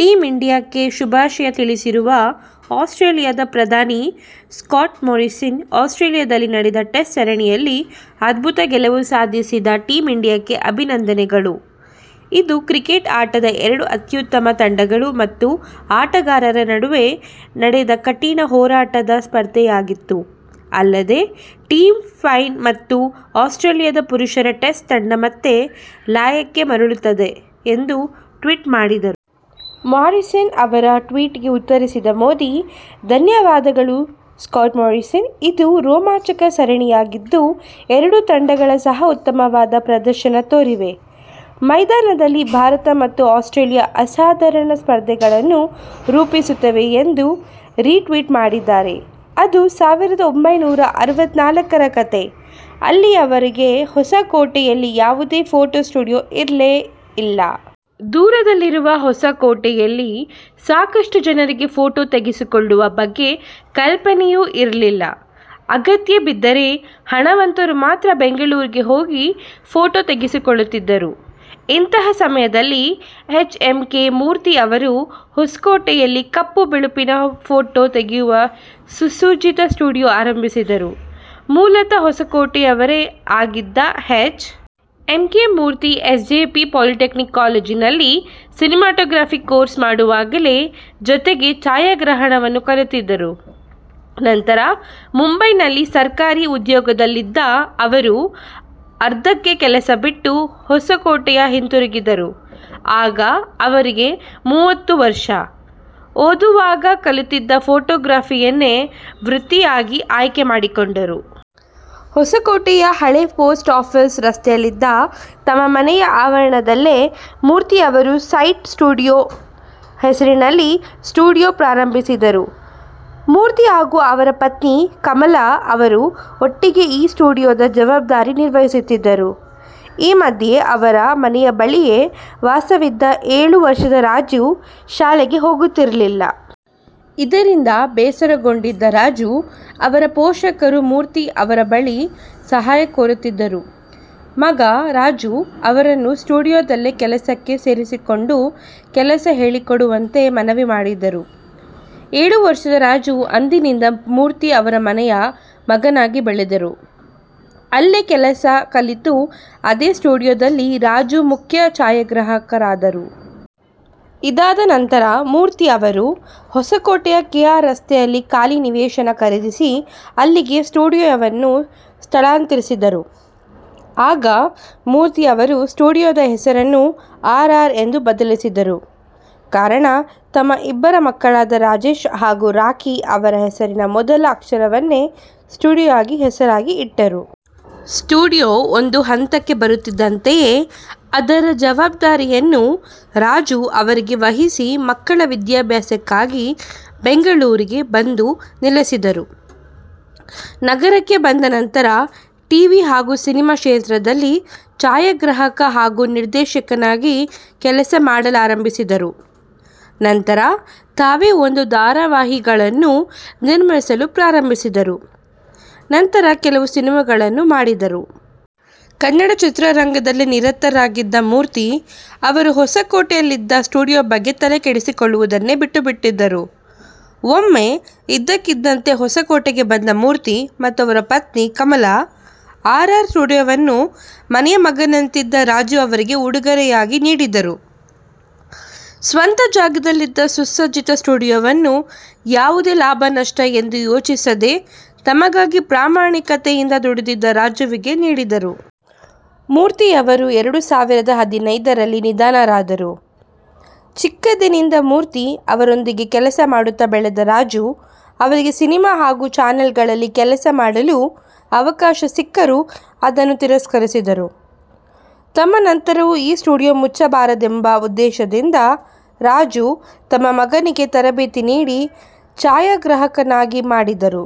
Team ಇಂಡಿಯಾಕ್ಕೆ ಶುಭಾಶಯ ತಿಳಿಸಿರುವ ಆಸ್ಟ್ರೇಲಿಯಾದ ಪ್ರಧಾನಿ ಸ್ಕಾಟ್ಮೊರಿಸನ್, ಆಸ್ಟ್ರೇಲಿಯಾದಲ್ಲಿ ನಡೆದ ಟೆಸ್ಟ್ ಸರಣಿಯಲ್ಲಿ ಅದ್ಭುತ ಗೆಲುವು ಸಾಧಿಸಿದ ಟೀಂ ಇಂಡಿಯಾಕ್ಕೆ ಅಭಿನಂದನೆಗಳು. ಇದು ಕ್ರಿಕೆಟ್ ಆಟದ ಎರಡು ಅತ್ಯುತ್ತಮ ತಂಡಗಳು ಮತ್ತು ಆಟಗಾರರ ನಡುವೆ ನಡೆದ ಕಠಿಣ ಹೋರಾಟದ ಸ್ಪರ್ಧೆಯಾಗಿತ್ತು. ಅಲ್ಲದೆ ಟಿಮ್ ಪೈನ್ ಮತ್ತು ಆಸ್ಟ್ರೇಲಿಯಾದ ಪುರುಷರ ಟೆಸ್ಟ್ ತಂಡ ಮತ್ತೆ ಲಯಕ್ಕೆ ಮರಳುತ್ತಾರೆ ಎಂದು ಟ್ವೀಟ್ ಮಾಡಿದ್ದಾರೆ. ಮಾರಿಸನ್ ಅವರ ಟ್ವೀಟ್ಗೆ ಉತ್ತರಿಸಿದ ಮೋದಿ, ಧನ್ಯವಾದಗಳು ಸ್ಕಾಟ್ಮೊರಿಸನ್, ಇದು ರೋಮಾಂಚಕ ಸರಣಿಯಾಗಿದ್ದು, ಎರಡೂ ತಂಡಗಳು ಸಹ ಉತ್ತಮವಾದ ಪ್ರದರ್ಶನ ತೋರಿವೆ. ಮೈದಾನದಲ್ಲಿ ಭಾರತ ಮತ್ತು ಆಸ್ಟ್ರೇಲಿಯಾ ಅಸಾಧಾರಣ ಸ್ಪರ್ಧಿಗಳನ್ನು ರೂಪಿಸುತ್ತವೆ ಎಂದು ರೀ ಟ್ವೀಟ್ ಮಾಡಿದ್ದಾರೆ. ಅದು ಸಾವಿರದ ಒಂಭೈನೂರ ಅರವತ್ನಾಲ್ಕರ ಕತೆ. ಅಲ್ಲಿಯವರೆಗೆ ಹೊಸಕೋಟೆಯಲ್ಲಿ ಯಾವುದೇ ಫೋಟೊ ಸ್ಟುಡಿಯೊ ಇರಲೇ ಇಲ್ಲ. ದೂರದಲ್ಲಿರುವ ಹೊಸಕೋಟೆಯಲ್ಲಿ ಸಾಕಷ್ಟು ಜನರಿಗೆ ಫೋಟೊ ತೆಗೆಸಿಕೊಳ್ಳುವ ಬಗ್ಗೆ ಕಲ್ಪನೆಯೂ ಇರಲಿಲ್ಲ. ಅಗತ್ಯ ಬಿದ್ದರೆ ಹಣವಂತರು ಮಾತ್ರ ಬೆಂಗಳೂರಿಗೆ ಹೋಗಿ ಫೋಟೊ ತೆಗೆಸಿಕೊಳ್ಳುತ್ತಿದ್ದರು. ಇಂತಹ ಸಮಯದಲ್ಲಿ ಎಚ್. ಎಂ. ಕೆ. ಮೂರ್ತಿ ಅವರು ಹೊಸಕೋಟೆಯಲ್ಲಿ ಕಪ್ಪು ಬಿಳುಪಿನ ಫೋಟೊ ತೆಗೆಯುವ ಸುಸಜ್ಜಿತ ಸ್ಟುಡಿಯೊ ಆರಂಭಿಸಿದರು. ಮೂಲತಃ ಹೊಸಕೋಟೆಯವರೇ ಆಗಿದ್ದ H. M. K. Murthy S. J. P polytechnic ಕಾಲೇಜಿನಲ್ಲಿ ಸಿನಿಮಾಟೋಗ್ರಫಿ ಕೋರ್ಸ್ ಮಾಡುವಾಗಲೇ ಜೊತೆಗೆ ಛಾಯಾಗ್ರಹಣವನ್ನು ಕಲಿತಿದ್ದರು. ನಂತರ ಮುಂಬೈನಲ್ಲಿ ಸರ್ಕಾರಿ ಉದ್ಯೋಗದಲ್ಲಿದ್ದ ಅವರು, ಅರ್ಧಕ್ಕೆ ಕೆಲಸ ಬಿಟ್ಟು ಹೊಸಕೋಟೆಗೆ ಹಿಂತಿರುಗಿದರು. ಆಗ ಅವರಿಗೆ ಮೂವತ್ತು ವರ್ಷ. ಓದುವಾಗ ಕಲಿತಿದ್ದ ಫೋಟೊಗ್ರಫಿಯನ್ನೇ ವೃತ್ತಿಯಾಗಿ ಆಯ್ಕೆ ಮಾಡಿಕೊಂಡರು. ಹೊಸಕೋಟೆಯ ಹಳೇ ಪೋಸ್ಟ್ ಆಫೀಸ್ ರಸ್ತೆಯಲ್ಲಿದ್ದ ತಮ್ಮ ಮನೆಯ ಆವರಣದಲ್ಲೇ ಮೂರ್ತಿ ಅವರು 'ಸೈಟ್ ಸ್ಟುಡಿಯೊ' ಹೆಸರಿನಲ್ಲಿ ಸ್ಟುಡಿಯೊ ಪ್ರಾರಂಭಿಸಿದರು. ಮೂರ್ತಿ ಹಾಗೂ ಅವರ ಪತ್ನಿ ಕಮಲಾ ಅವರು ಒಟ್ಟಿಗೆ ಈ ಸ್ಟುಡಿಯೊದ ಜವಾಬ್ದಾರಿ ನಿರ್ವಹಿಸುತ್ತಿದ್ದರು. ಈ ಮಧ್ಯೆ ಅವರ ಮನೆಯ ಬಳಿಯೇ ವಾಸವಿದ್ದ ಏಳು ವರ್ಷದ ರಾಜು ಶಾಲೆಗೆ ಹೋಗುತ್ತಿರಲಿಲ್ಲ. ಇದರಿಂದ ಬೇಸರಗೊಂಡಿದ್ದ ರಾಜು ಅವರ ಪೋಷಕರು ಮೂರ್ತಿ ಅವರ ಬಳಿ ಸಹಾಯ ಕೋರಿದ್ದರು. ಮಗ ರಾಜು ಅವರನ್ನು ಸ್ಟುಡಿಯೊದಲ್ಲಿ ಕೆಲಸಕ್ಕೆ ಸೇರಿಸಿಕೊಂಡು ಕೆಲಸ ಹೇಳಿಕೊಡುವಂತೆ ಮನವಿ ಮಾಡಿದ್ದರು. ಏಳು ವರ್ಷದ ರಾಜು ಅಂದಿನಿಂದ ಮೂರ್ತಿ ಅವರ ಮನೆಯ ಮಗನಾಗಿ ಬೆಳೆದರು. ಅಲ್ಲೇ ಕೆಲಸ ಕಲಿತು, ಅದೇ ಸ್ಟುಡಿಯೊದಲ್ಲಿ ರಾಜು ಮುಖ್ಯ ಛಾಯಾಗ್ರಾಹಕರಾದರು. ಇದಾದ ನಂತರ ಮೂರ್ತಿ ಅವರು ಹೊಸಕೋಟೆಯ ಕೆ. ಆರ್. ರಸ್ತೆಯಲ್ಲಿ ಖಾಲಿ ನಿವೇಶನ ಖರೀದಿಸಿ, ಅಲ್ಲಿಗೆ ಸ್ಟುಡಿಯೊವನ್ನು ಸ್ಥಳಾಂತರಿಸಿದರು. ಆಗ ಮೂರ್ತಿ ಅವರು ಸ್ಟುಡಿಯೊದ ಹೆಸರನ್ನು ಆರ್. ಆರ್. ಎಂದು ಬದಲಿಸಿದರು. ಕಾರಣ ತಮ್ಮ ಇಬ್ಬರು ಮಕ್ಕಳಾದ ರಾಜೇಶ್ ಹಾಗೂ ರಾಖಿ ಅವರ ಹೆಸರಿನ ಮೊದಲ ಅಕ್ಷರವನ್ನೇ ಸ್ಟುಡಿಯೊಗೆ ಹೆಸರಾಗಿ ಇಟ್ಟರು. ಸ್ಟುಡಿಯೊ ಒಂದು ಹಂತಕ್ಕೆ ಬರುತ್ತಿದ್ದಂತೆಯೇ ಅದರ ಜವಾಬ್ದಾರಿಯನ್ನು ರಾಜು ಅವರಿಗೆ ವಹಿಸಿ ಮಕ್ಕಳ ವಿದ್ಯಾಭ್ಯಾಸಕ್ಕಾಗಿ ಬೆಂಗಳೂರಿಗೆ ಬಂದು ನೆಲೆಸಿದರು. ನಗರಕ್ಕೆ ಬಂದ ನಂತರ ಟೀವಿ ಹಾಗೂ ಸಿನಿಮಾ ಕ್ಷೇತ್ರದಲ್ಲಿ ಛಾಯಾಗ್ರಾಹಕ ಹಾಗೂ ನಿರ್ದೇಶಕನಾಗಿ ಕೆಲಸ ಮಾಡಲಾರಂಭಿಸಿದರು. ನಂತರ ತಾವೇ ಒಂದು ಧಾರಾವಾಹಿಗಳನ್ನೂ ನಿರ್ಮಿಸಲು ಪ್ರಾರಂಭಿಸಿದರು. ನಂತರ ಕೆಲವು ಸಿನಿಮಾಗಳನ್ನೂ ಮಾಡಿದರು. ಕನ್ನಡ ಚಿತ್ರರಂಗದಲ್ಲಿ ನಿರತರಾಗಿದ್ದ ಮೂರ್ತಿ ಅವರು ಹೊಸಕೋಟೆಯಲ್ಲಿದ್ದ ಸ್ಟುಡಿಯೊ ಬಗ್ಗೆ ತಲೆಕೆಡಿಸಿಕೊಳ್ಳುವುದನ್ನೇ ಬಿಟ್ಟುಬಿಟ್ಟಿದ್ದರು. ಒಮ್ಮೆ ಇದ್ದಕ್ಕಿದ್ದಂತೆ ಹೊಸಕೋಟೆಗೆ ಬಂದ ಮೂರ್ತಿ ಮತ್ತು ಅವರ ಪತ್ನಿ ಕಮಲಾ ಆರ್. ಆರ್. ಸ್ಟುಡಿಯೊವನ್ನು ಮನೆಯ ಮಗನಂತಿದ್ದ ರಾಜು ಅವರಿಗೆ ಉಡುಗೊರೆಯಾಗಿ ನೀಡಿದರು. ಸ್ವಂತ ಜಾಗದಲ್ಲಿದ್ದ ಸುಸಜ್ಜಿತ ಸ್ಟುಡಿಯೊವನ್ನು ಯಾವುದೇ ಲಾಭ–ನಷ್ಟ ಎಂದು ಯೋಚಿಸದೆ ತಮಗಾಗಿ ಪ್ರಾಮಾಣಿಕತೆಯಿಂದ ದುಡಿದಿದ್ದ ರಾಜುವಿಗೆ ನೀಡಿದ್ದರು. ಮೂರ್ತಿಯವರು ಎರಡು ಸಾವಿರದ ಹದಿನೈದರಲ್ಲಿ ನಿಧನರಾದರು. ಚಿಕ್ಕಂದಿನಿಂದ ಮೂರ್ತಿ ಅವರೊಂದಿಗೆ ಕೆಲಸ ಮಾಡುತ್ತ ಬೆಳೆದ ರಾಜು ಅವರಿಗೆ ಸಿನಿಮಾ ಹಾಗೂ ಚಾನಲ್ಗಳಲ್ಲಿ ಕೆಲಸ ಮಾಡಲು ಅವಕಾಶ ಸಿಕ್ಕರೂ ಅದನ್ನು ತಿರಸ್ಕರಿಸಿದ್ದರು. ತಮ್ಮ ನಂತರವೂ ಈ ಸ್ಟುಡಿಯೊ ಮುಚ್ಚಬಾರದೆಂಬ ಉದ್ದೇಶದಿಂದ ರಾಜು, ತಮ್ಮ ಮಗನಿಗೆ ತರಬೇತಿ ನೀಡಿ ಛಾಯಾಗ್ರಾಹಕನನ್ನಾಗಿ ಮಾಡಿದರು.